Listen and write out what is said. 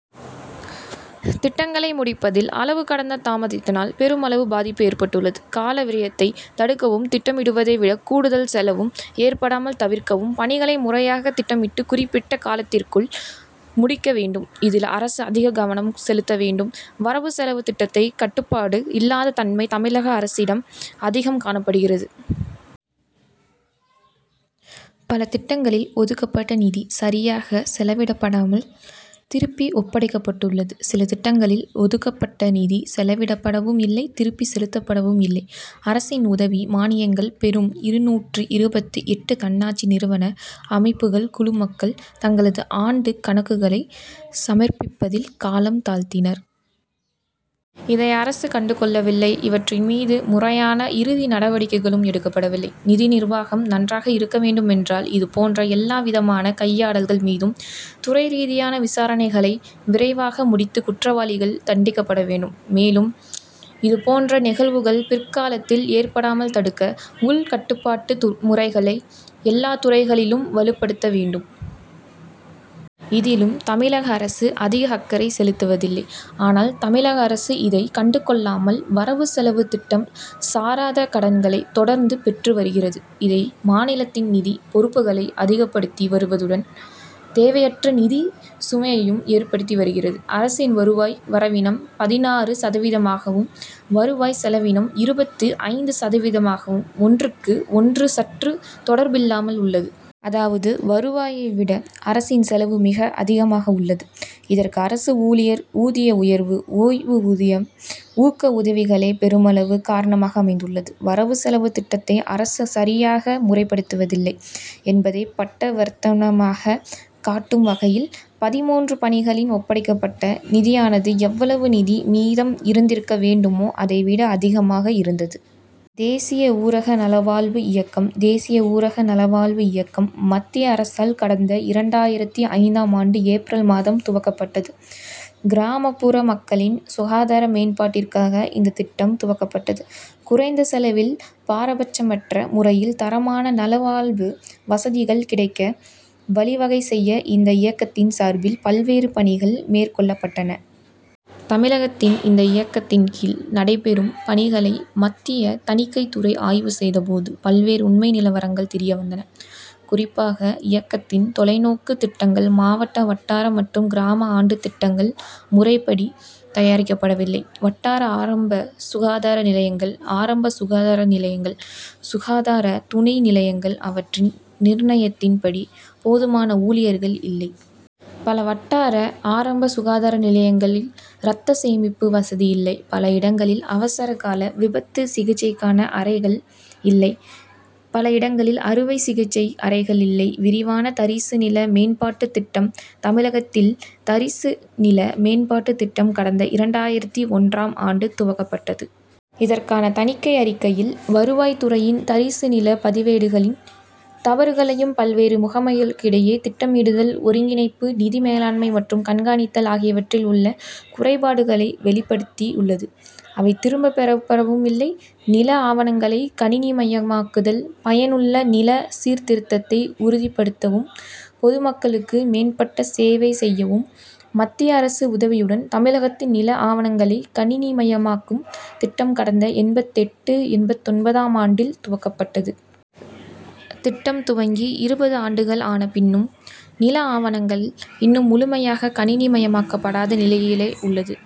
திட்டங்களை முடிப்பதில் அளவு கடந்த தாமதத்தினால் பெருமளவு பாதிப்பு ஏற்பட்டுள்ளது. கால விரயத்தை தடுக்கவும் திட்டமிடுவதை விட கூடுதல் செலவு ஏற்படாமல் தவிர்க்கவும் பணிகளை முறையாக திட்டமிட்டு குறிப்பிட்ட காலத்திற்குள் முடிக்க வேண்டும். இதில் அரசு அதிக கவனம் செலுத்த வேண்டும். வரவு செலவு திட்டத்தில் கட்டுப்பாடு இல்லாத தன்மை தமிழக அரசிடம் அதிகம் காணப்படுகிறது. பல திட்டங்களில் ஒதுக்கப்பட்ட நிதி சரியாக செலவிடப்படாமல் திருப்பி ஒப்படைக்கப்பட்டுள்ளது. சில திட்டங்களில் ஒதுக்கப்பட்ட நிதி செலவிடப்படவும் இல்லை. திருப்பிச் செலுத்தப்படவும் இல்லை. அரசின் உதவி மானியங்கள் பெறும் இருநூற்று இருபத்து எட்டு தன்னாட்சி நிறுவன அமைப்புகள் குழுமங்கள் தங்களது ஆண்டு கணக்குகளை சமர்ப்பிப்பதில் காலம் தாழ்த்தினர். இதை அரசு கண்டு கொள்ளவில்லை. இவற்றின் மீது முறையான இறுதி நடவடிக்கைகளும் எடுக்கப்படவில்லை. நிதி நிர்வாகம் நன்றாக இருக்க வேண்டுமென்றால் இது போன்ற எல்லாவிதமான கையாடல்கள் மீதும் துறை ரீதியான விசாரணைகளை விரைவாக முடித்து குற்றவாளிகள் தண்டிக்கப்பட வேண்டும். மேலும் இது போன்ற நிகழ்வுகள் பிற்காலத்தில் ஏற்படாமல் தடுக்க உள் கட்டுப்பாட்டு முறைகளை எல்லாத்துறைகளிலும் வலுப்படுத்த வேண்டும். இதிலும் தமிழக அரசு அதிக அக்கறை செலுத்தவில்லை. ஆனால் தமிழக அரசு இதை கண்டு கொள்ளாமல் வரவு செலவு திட்டம் சாராத கடன்களை தொடர்ந்து பெற்று வருகிறது. இது மாநிலத்தின் நிதிப் பொறுப்புகளை அதிகப்படுத்தி வருவதுடன் தேவையற்ற நிதி சுமையையும் ஏற்படுத்தி வருகிறது. அரசின் வருவாய் வரவினம் பதினாறு சதவீதமாகவும் வருவாய் செலவினம் இருபத்து ஐந்து சதவீதமாகவும் ஒன்றுக்கு ஒன்று சற்றும் தொடர்பில்லாமல் உள்ளது. அதாவது வருவாயை விட அரசின் செலவு மிக அதிகமாக உள்ளது. இதற்கு அரசு ஊழியர் ஊதிய உயர்வு ஓய்வூதியம் ஊக்க உதவிகளே பெருமளவு காரணமாக அமைந்துள்ளது. வரவு செலவு திட்டத்தை அரசு சரியாக முறைப்படுத்தவில்லை என்பதை பட்டவர்த்தனமாக காட்டும் வகையில் பதிமூன்று பணிகளில் ஒப்படைக்கப்பட்ட நிதியானது எவ்வளவு நிதி மீதம் இருந்திருக்க வேண்டுமோ அதை விட அதிகமாக இருந்தது. தேசிய ஊரக நலவாழ்வு இயக்கம் தேசிய ஊரக நல வாழ்வு இயக்கம் மத்திய அரசால் கடந்த இரண்டாயிரத்து ஐந்தாம் ஆண்டு ஏப்ரல் மாதம் துவக்கப்பட்டது. கிராமப்புற மக்களின் சுகாதார மேம்பாட்டிற்காக இந்த திட்டம் துவக்கப்பட்டது. குறைந்த செலவில் பாரபட்சமற்ற முறையில் தரமான நல வாழ்வு வசதிகள் கிடைக்க வழி வகை செய்ய இந்த இயக்கத்தின் சார்பில் பல்வேறு பணிகள் மேற்கொள்ளப்பட்டன. தமிழகத்தில் இந்த இயக்கத்தின் கீழ் நடைபெறும் பணிகளை மத்திய தணிக்கை துறை ஆய்வு செய்த போது பல்வேறு உண்மை நிலவரங்கள் தெரிய வந்தன. குறிப்பாக இயக்கத்தின் தொலைநோக்குத் திட்டங்கள் மாவட்ட வட்டார மற்றும் கிராம ஆண்டு திட்டங்கள் முறைப்படி தயாரிக்கப்படவில்லை. வட்டார ஆரம்ப சுகாதார நிலையங்கள் ஆரம்ப சுகாதார நிலையங்கள் சுகாதார துணை நிலையங்கள் அவற்றிற்கான நிர்ணயத்தின் படி போதுமான ஊழியர்கள் இல்லை. பல வட்டார ஆரம்ப சுகாதார நிலையங்களில் ரத்த சேமிப்பு வசதி இல்லை. பல இடங்களில் அவசர கால விபத்து சிகிச்சைக்கான அறைகள் இல்லை. பல இடங்களில் அறுவை சிகிச்சை அறைகள் இல்லை. விரிவான தரிசு நில மேம்பாட்டுத் திட்டம் தமிழகத்தில் தரிசு நில மேம்பாட்டு திட்டம் கடந்த இரண்டாயிரத்து ஒன்றாம் ஆண்டு துவங்கப்பட்டது. இதற்கான தணிக்கை அறிக்கையில் வருவாய் துறையின் தரிசு நில பதிவேடுகளின் தவறுகளையும் பல்வேறு முகமைகளுக்கிடையே திட்டமிடுதல் ஒருங்கிணைப்பு நிதி மேலாண்மை மற்றும் கண்காணித்தல் ஆகியவற்றில் உள்ள குறைபாடுகளை வெளிப்படுத்தியுள்ளது. அவை திரும்ப பெறப்படவும் இல்லை. நில ஆவணங்களை கணினிமயமாக்குதல் பயனுள்ள நில சீர்திருத்தத்தை உறுதிபடுத்தவும் பொதுமக்களுக்கு மேம்பட்ட சேவை செய்யவும் மத்திய அரசு உதவியுடன் தமிழகத்தில் நில ஆவணங்களை கணினிமயமாக்கும் திட்டம் கடந்த எண்பத்தெட்டு எண்பத்தொன்பதாம் ஆண்டில் துவங்கப்பட்டது. திட்டம் துவங்கி இருபது ஆண்டுகள் ஆன பின்னும் நில ஆவணங்கள் இன்னும் முழுமையாக கணினிமயமாக்கப்படாத நிலையிலேயே உள்ளது.